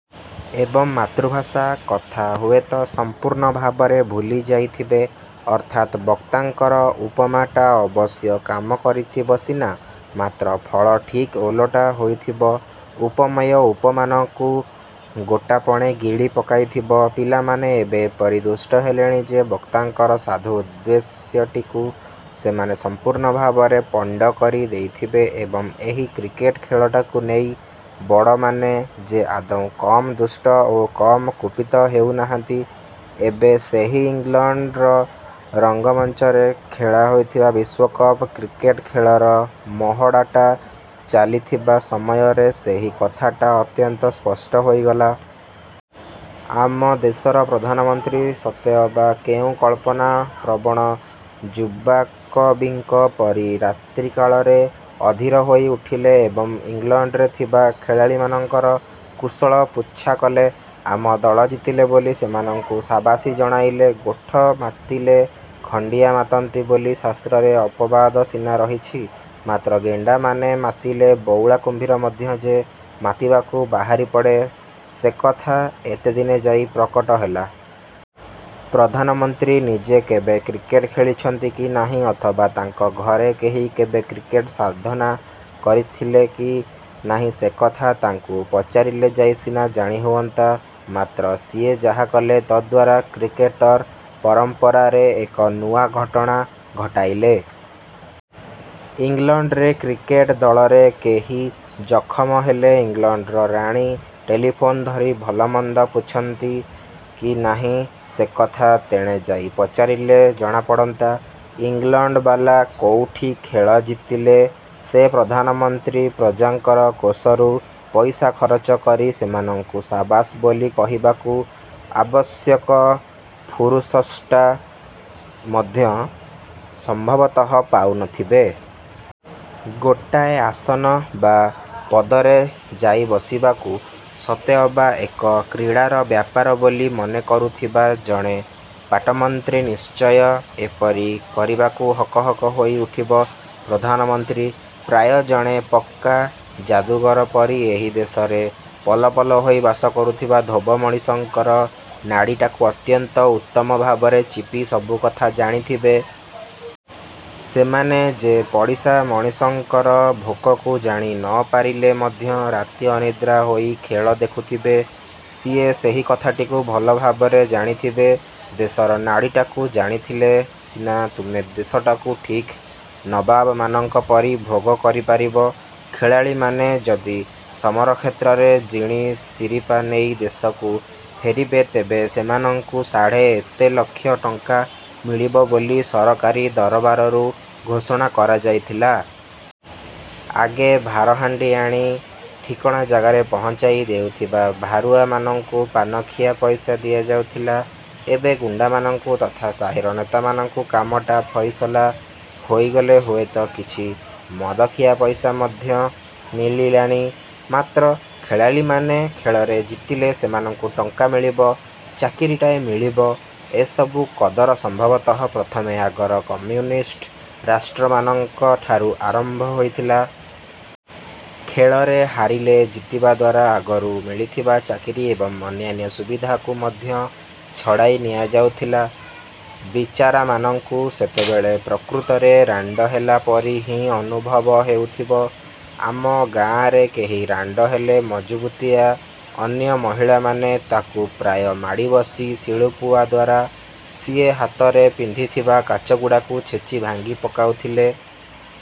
ଏବଂ ମାତୃଭାଷା କଥା ହୁଏତ ସମ୍ପୂର୍ଣ୍ଣ ଭାବରେ ଭୁଲି ଯାଇଥିବେ। ଅର୍ଥାତ୍ ବକ୍ତାଙ୍କର ଉପମାଟା ଅବଶ୍ୟ କାମ କରିଥିବ ସିନା ମାତ୍ର ଫଳ ଠିକ୍ ଓଲଟା ହୋଇଥିବ। ଉପମେୟ ଉପମାନକୁ ଗୋଟାପଣେ ଗିଳି ପକାଇଥିବ। ପିଲାମାନେ ଏବେ ଏପରି ଦୁଷ୍ଟ ହେଲେଣି ଯେ ବକ୍ତାଙ୍କର ସାଧୁ ଉଦ୍ଦେଶ୍ୟଟିକୁ ସେମାନେ ସମ୍ପୂର୍ଣ୍ଣ ଭାବରେ ପଣ୍ଡ କରି ଦେଇଥିବେ ଏବଂ ଏହି କ୍ରିକେଟ ଖେଳଟାକୁ ନେଇ ବଡ଼ମାନେ ଯେ ଆଦୌ କମ୍ ଦୁଷ୍ଟ ଓ କମ୍ କୁପିତ ହେଉନାହାନ୍ତି, ଏବେ ସେହି ଇଂଲଣ୍ଡର ରଙ୍ଗମଞ୍ଚରେ ଖେଳା ହୋଇଥିବା ବିଶ୍ୱକପ୍ କ୍ରିକେଟ୍ ଖେଳର ମହଡ଼ାଟା ଚାଲିଥିବା ସମୟରେ ସେହି କଥାଟା ଅତ୍ୟନ୍ତ ସ୍ପଷ୍ଟ ହୋଇଗଲା। ଆମ ଦେଶର ପ୍ରଧାନମନ୍ତ୍ରୀ ସତେ ଅବା କେଉଁ କଳ୍ପନା ପ୍ରବଣ ଯୁବାକବିଙ୍କ ପରି ରାତ୍ରିକାଳରେ ଅଧୀର ହୋଇ ଉଠିଲେ ଏବଂ ଇଂଲଣ୍ଡରେ ଥିବା ଖେଳାଳିମାନଙ୍କର କୁଶଳ ପୁଚ୍ଛା କଲେ। ଆମ ଦଳ ଜିତିଲେ ବୋଲି ସେମାନଙ୍କୁ ସାବାସୀ ଜଣାଇଲେ। ଗୋଠ ମାତିଲେ ଖଣ୍ଡିଆ ମାତନ୍ତି ବୋଲି ଶାସ୍ତ୍ରରେ ଅପବାଦ ସିନା ରହିଛି, ମାତ୍ର ଗେଣ୍ଡାମାନେ ମାତିଲେ ବଉଳା କୁମ୍ଭୀର ମଧ୍ୟ ଯେ ମାତିବାକୁ ବାହାରିପଡ଼େ ସେକଥା ଏତେଦିନେ ଯାଇ ପ୍ରକଟ ହେଲା। ପ୍ରଧାନମନ୍ତ୍ରୀ ନିଜେ କେବେ କ୍ରିକେଟ ଖେଳିଛନ୍ତି କି ନାହିଁ ଅଥବା ତାଙ୍କ ଘରେ କେହି କେବେ କ୍ରିକେଟ ସାଧନା କରିଥିଲେ କି ନାହିଁ ସେକଥା ତାଙ୍କୁ ପଚାରିଲେ ଯାଇ ସିନା ଜାଣି ହୁଅନ୍ତା, ମାତ୍ର ସିଏ ଯାହା କଲେ ତଦ୍ଦ୍ୱାରା କ୍ରିକେଟର ପରମ୍ପରାରେ ଏକ ନୂଆ ଘଟଣା ଘଟାଇଲେ। ଇଂଲଣ୍ଡରେ କ୍ରିକେଟ ଦଳରେ କେହି ଜଖମ ହେଲେ ଇଂଲଣ୍ଡର ରାଣୀ ଟେଲିଫୋନ୍ ଧରି ଭଲ ମନ୍ଦ ପୁଛନ୍ତି କି ନାହିଁ ସେକଥା ତେଣେ ଯାଇ ପଚାରିଲେ ଜଣାପଡ଼ନ୍ତା। ଇଂଲଣ୍ଡବାଲା କୋଉଠି ଖେଳ ଜିତିଲେ, ସେ ପ୍ରଧାନମନ୍ତ୍ରୀ ପ୍ରଜାଙ୍କର କୋଷରୁ ପଇସା ଖରଚ କରି ସେମାନଙ୍କୁ ସାବାସ୍ ବୋଲି କହିବାକୁ ଆବଶ୍ୟକ ଫୁରୁସସ୍ଟା ମଧ୍ୟ ସମ୍ଭବତଃ ପାଉନଥିବେ। ଗୋଟାଏ ଆସନ ବା ପଦରେ ଯାଇ ବସିବାକୁ ସତେଅବା ଏକ କ୍ରୀଡ଼ାର ବ୍ୟାପାର ବୋଲି ମନେକରୁଥିବା ଜଣେ ପାଟମନ୍ତ୍ରୀ ନିଶ୍ଚୟ ଏପରି କରିବାକୁ ହକ ହକ ହୋଇ ଉଠିବ। ପ୍ରଧାନମନ୍ତ୍ରୀ ପ୍ରାୟ ଜଣେ ପକ୍କା ଜାଦୁଗର ପରି ଏହି ଦେଶରେ ପଲ ପଲ ହୋଇ ବାସ କରୁଥିବା ଧୋବ ମଣିଷଙ୍କର ନାଡ଼ିଟାକୁ ଅତ୍ୟନ୍ତ ଉତ୍ତମ ଭାବରେ ଚିପି ସବୁକଥା ଜାଣିଥିବେ। ସେମାନେ ଯେ ପଡ଼ିଶା ମଣିଷଙ୍କର ଭୋକକୁ ଜାଣି ନପାରିଲେ ମଧ୍ୟ ରାତି ଅନିଦ୍ରା ହୋଇ ଖେଳ ଦେଖୁଥିବେ, ସିଏ ସେହି କଥାଟିକୁ ଭଲ ଭାବରେ ଜାଣିଥିବେ। ଦେଶର ନାଡ଼ିଟାକୁ ଜାଣିଥିଲେ ସିନା ତୁମେ ଦେଶଟାକୁ ଠିକ୍ ନବାବମାନଙ୍କ ପରି ଭୋଗ କରିପାରିବ। ଖେଳାଳିମାନେ ଯଦି ସମରକ୍ଷେତ୍ରରେ ଜିଣି ଶିରିପା ନେଇ ଦେଶକୁ ଫେରିବେ ତେବେ ସେମାନଙ୍କୁ ସାଢ଼େ ଏତେ ଲକ୍ଷ ଟଙ୍କା ମିଳିବ ବୋଲି ସରକାରୀ ଦରବାରରୁ ଘୋଷଣା କରାଯାଇଥିଲା। ଆଗେ ଭାରହାଣ୍ଡି ଆଣି ଠିକଣା ଜାଗାରେ ପହଞ୍ଚାଇ ଦେଉଥିବା ଭାରୁଆମାନଙ୍କୁ ପାନଖିଆ ପଇସା ଦିଆଯାଉଥିଲା। ଏବେ ଗୁଣ୍ଡାମାନଙ୍କୁ ତଥା ସାହିର ନେତାମାନଙ୍କୁ କାମଟା ଫଇସଲା ହୋଇଗଲେ ହୁଏତ କିଛି ମଦଖିଆ ପଇସା ମଧ୍ୟ ମିଳିଲାଣି। ମାତ୍ର ଖେଳାଳିମାନେ ଖେଳରେ ଜିତିଲେ ସେମାନଙ୍କୁ ଟଙ୍କା ମିଳିବ, ଚାକିରିଟାଏ ମିଳିବ, ଏସବୁ କଦର ସମ୍ଭବତଃ ପ୍ରଥମେ ଆଗର କମ୍ୟୁନିଷ୍ଟ ରାଷ୍ଟ୍ରମାନଙ୍କ ଠାରୁ ଆରମ୍ଭ ହୋଇଥିଲା। ଖେଳରେ ହାରିଲେ ଜିତିବା ଦ୍ଵାରା ଆଗରୁ ମିଳିଥିବା ଚାକିରି ଏବଂ ଅନ୍ୟାନ୍ୟ ସୁବିଧାକୁ ମଧ୍ୟ ଛଡ଼ାଇ ନିଆଯାଉଥିଲା। ବିଚାରାମାନଙ୍କୁ ସେତେବେଳେ ପ୍ରକୃତରେ ରାଣ୍ଡ ହେଲା ପରି ହିଁ ଅନୁଭବ ହେଉଥିବ। ଆମ ଗାଆଁରେ କେହି ରାଣ୍ଡ ହେଲେ ମଜବୁତିଆ ଅନ୍ୟ ମହିଳାମାନେ ତାକୁ ପ୍ରାୟ ମାଡ଼ିବସି ଶିଳୁପୁଆ ଦ୍ଵାରା ସିଏ ହାତରେ ପିନ୍ଧିଥିବା କାଚଗୁଡ଼ାକୁ ଛେଚି, ଭାଙ୍ଗି ପକାଉଥିଲେ।